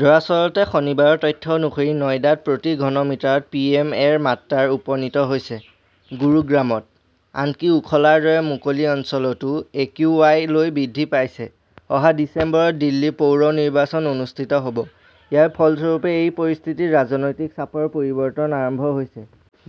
দৰাচলতে শনিবাৰৰ তথ্য অনুসৰি নয়ডাত প্ৰতি ঘনমিটাৰত পিএম -এৰ মাত্ৰাত উপনীত হৈছে। গুৰুগ্ৰামত। আনকি ওখলাৰ দৰে 'মুকলি "অঞ্চলতও একিউআই লৈ বৃদ্ধি পাইছে! অহা ডিচেম্বৰত দিল্লীত পৌৰ নিৰ্বাচন অনুষ্ঠিত হ 'ব। ইয়াৰ ফলস্বৰূপে এই পৰিস্থিতিত ৰাজনৈতিক চাপৰ পৰিৱৰ্তন আৰম্ভ হৈছে।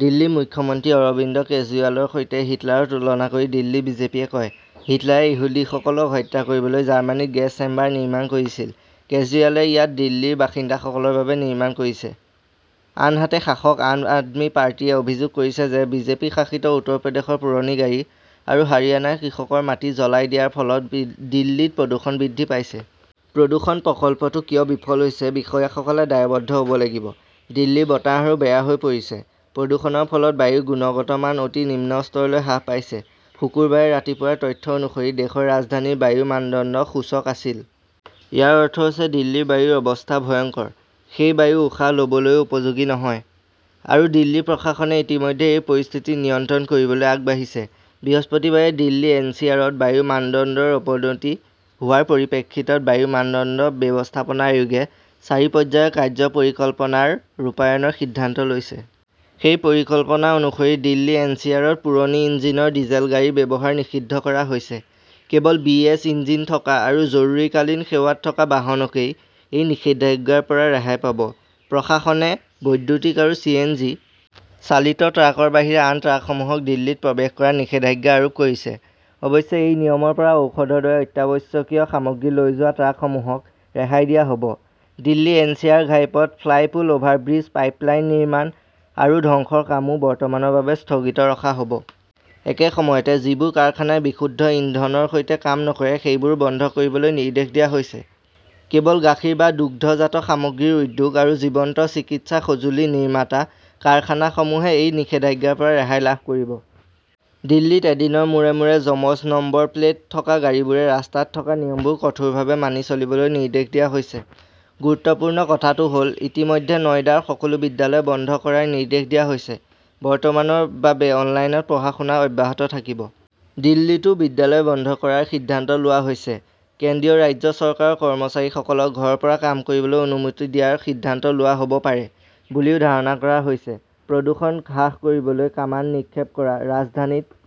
দিল্লীৰ মুখ্যমন্ত্ৰী অৰবিন্দ কেজৰিৱালৰ সৈতে হিটলাৰৰ তুলনা কৰি দিল্লী বিজেপিয়ে কয়, "হিটলাৰে ইহুদীসকলক হত্যা কৰিবলৈ জাৰ্মানীত গেছ চেম্বাৰ নিৰ্মাণ কৰিছিল। কেজৰিৱালে ইয়াত দিল্লীৰ বাসিন্দাসকলৰ বাবে নিৰ্মাণ কৰিছে। " আনহাতে, শাসক আম আদমি পাৰ্টি য়ে অভিযোগ কৰিছে যে বিজেপি শাসিত উত্তৰ প্ৰদেশৰ পুৰণি গাড়ী আৰু হাৰিয়ানাৰ কৃষকৰ মাটি জ্বলাই দিয়াৰ ফলত দিল্লীত প্ৰদূষণ বৃদ্ধি পাইছে। প্ৰদূষণ প্ৰকল্পটো কিয় বিফল হৈছে, বিষয়াসকলে দায়বদ্ধ হ 'ব লাগিব দিল্লীৰ বতাহ আৰু বেয়া হৈ পৰিছে। প্ৰদূষণৰ ফলত বায়ুৰ গুণগত মান অতি নিম্ন স্তৰলৈ হ্ৰাস পাইছে। শুকুৰবাৰে ৰাতিপুৱাৰ তথ্য অনুসৰি, দেশৰ ৰাজধানীৰ বায়ুৰ মানদণ্ড সূচক আছিল। ইয়াৰ অৰ্থ হৈছে দিল্লীৰ বায়ুৰ অৱস্থা 'ভয়ংকৰ "। সেই বায়ু উশাহ ল "বলৈও উপযোগী নহয়। আৰু দিল্লী প্ৰশাসনে ইতিমধ্যে এই পৰিস্থিতি নিয়ন্ত্ৰণ কৰিবলৈ আগবাঢ়িছে। বৃহস্পতিবাৰে দিল্লী-এনচিআৰত বায়ুৰ মানদণ্ডৰ অৱনতি হোৱাৰ পৰিপ্ৰেক্ষিতত বায়ুৰ মানদণ্ড ব্যৱস্থাপনা আয়োগে চাৰি পৰ্যায়ৰ 'কাৰ্য্য পৰিকল্পনা "ৰ ৰূপায়ণৰ সিদ্ধান্ত লৈছে। সেই পৰিকল্পনা অনুসৰি, দিল্লী-এনচিআৰত পুৰণি ইঞ্জিনৰ ডিজেল গাড়ীৰ ব্যৱহাৰ নিষিদ্ধ কৰা হৈছে। কেৱল বি. এছ. ইঞ্জিন থকা আৰু জৰুৰীকালীন সেৱাত থকা বাহনকেই এই নিষেধাজ্ঞাৰ পৰা ৰেহাই পাব। প্ৰশাসনে বৈদ্যুতিক আৰু চি. এন. জি. চালিত ট্ৰাকৰ বাহিৰে আন ট্ৰাকসমূহক দিল্লীত প্ৰৱেশ কৰাত নিষেধাজ্ঞা আৰোপ কৰিছে। অৱশ্যে এই নিয়মৰ পৰা ঔষধৰ দৰে অত্যাৱশ্যকীয় সামগ্ৰী লৈ যোৱা ট্ৰাকসমূহক ৰেহাই দিয়া হ "ব। দিল্লী-এনচিআৰ ঘাইপথ, ফ্লাইপূল, অভাৰব্ৰীজ, পাইপলাইন নিৰ্মাণ আৰু ধ্বংসৰ কামও বৰ্তমানৰ বাবে স্থগিত ৰখা হ 'ব। একে সময়তে, যিবোৰ কাৰখানাই বিশুদ্ধ ইন্ধনৰ সৈতে কাম নকৰে সেইবোৰো বন্ধ কৰিবলৈ নিৰ্দেশ দিয়া হৈছে। কেৱল গাখীৰ বা দুগ্ধজাত সামগ্ৰীৰ উদ্যোগ আৰু জীৱন্ত চিকিৎসা সঁজুলি নিৰ্মাতা কাৰখানাসমূহে এই নিষেধাজ্ঞাৰ পৰা ৰেহাই লাভ কৰিব। দিল্লীত এদিনৰ মূৰে মূৰে যমজ নম্বৰ প্লেট থকা গাড়ীবোৰে ৰাস্তাত থকা নিয়মবোৰ কঠোৰভাৱে মানি চলিবলৈ নিৰ্দেশ দিয়া হৈছে। গুৰুত্বপূৰ্ণ কথাটো হ "ল, ইতিমধ্যে নয়ডাৰ সকলো বিদ্যালয় বন্ধ কৰাৰ নিৰ্দেশ দিয়া হৈছে। বৰ্তমানৰ বাবে অনলাইনত পঢ়া-শুনা অব্যাহত থাকিব। দিল্লীতও বিদ্যালয় বন্ধ কৰাৰ সিদ্ধান্ত লোৱা হৈছে। কেন্দ্ৰীয়-ৰাজ্য চৰকাৰৰ কৰ্মচাৰীসকলক ঘৰৰ পৰা কাম কৰিবলৈ অনুমতি দিয়াৰ সিদ্ধান্ত লোৱা হ "ব পাৰে বুলিও ধাৰণা কৰা হৈছে। প্ৰদূষণ হ্ৰাস কৰিবলৈ কামান নিক্ষেপ কৰা! ৰাজধানীত